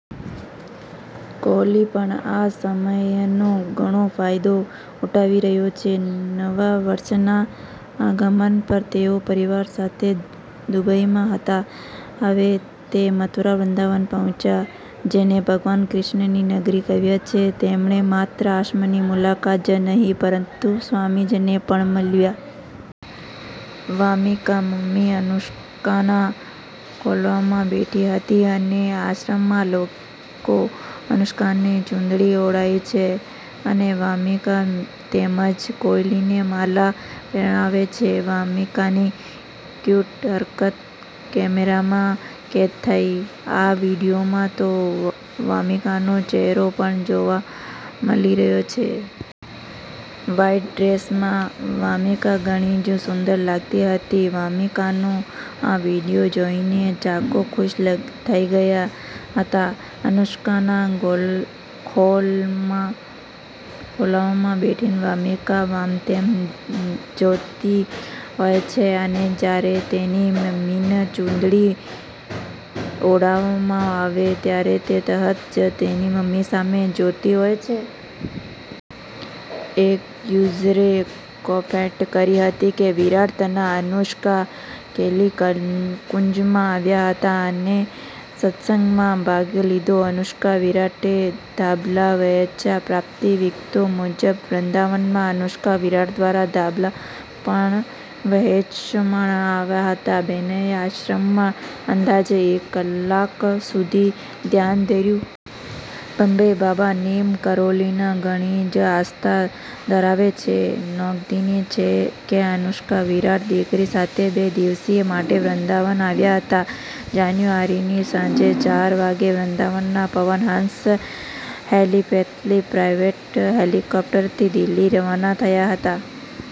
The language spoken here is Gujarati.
કોહલી પણ આ સમયનો ઘણો ફાયદો ઉઠાવી રહ્યો છે. નવા વર્ષના આગમન પર તેઓ પરિવાર સાથે દુબઈમાં હતા. હવે તે મથુરા-વૃંદાવન પહોંચ્યા, જેને ભગવાન કૃષ્ણની નગરી કહેવાય છે. તેમણે માત્ર આશ્રમની મુલાકાત જ નહિ, પરંતુ સ્વામીજીને પણ મળ્યા. વામિકા મમ્મી અનુષ્કાના ખોળામાં બેઠી હતી અને આશ્રમના લોકો અનુષ્કાને ચુંદડી ઓઢાડે છે અને વામિકા તેમજ કોહલીને માળા પહેરાવે છે. વામિકાની ક્યૂટ હરકત કેમેરામાં કેદ થઈ: આ વિડીયોમાં તો વામીકાનો ચેહરો પણ જોવા મળી રહ્યો છે. વ્હાઇટ ડ્રેસમાં વામિકા ઘણી જ સુંદર લાગતી હતી. વામિકાનો આ વીડિયો જોઈને ચાહકો ખુશ થઈ ગયા હતા. અનુષ્કાના ખોળામાં બેઠેલી વામિકા આમતેમ જોતી હોય છે અને જ્યારે તેની મમ્મીને ચુંદડી ઓઢાડવામાં આવે ત્યારે તે તરત જ તેની મમ્મી સામે જોતી હોય છે. એક યુઝરે કમેન્ટ કરી હતી કે વિરાટ તથા અનુષ્કા કેલી કુંજમાં આવ્યા હતા અને સત્સંગમાં ભાગ લીધો. અનુષ્કા-વિરાટે ધાબળા વહેંચ્યા: પ્રાપ્ત વિગતો મુજબ, વૃંદાવનમાં અનુષ્કા-વિરાટ દ્વારા ધાબળા પણ વહેચવામાં આવ્યા હતા. બંનેએ આશ્રમમાં અંદાજે એક કલાક સુધી ધ્યાન ધર્યું હતું. બંને બાબા નીમ કરોલીમાં ઘણી જ આસ્થા ધરાવે છે. નોંધનીય છે કે અનુષ્કા-વિરાટ દીકરી સાથે બે દિવસ માટે વૃંદાવન આવ્યા હતા. જાન્યુઆરીની સાંજે ચાર વાગે વૃંદાવનના પવન હંસ હેલિપેડથી પ્રાઇવેટ હેલિકોપ્ટરથી દિલ્હી રવાના થયા હતા.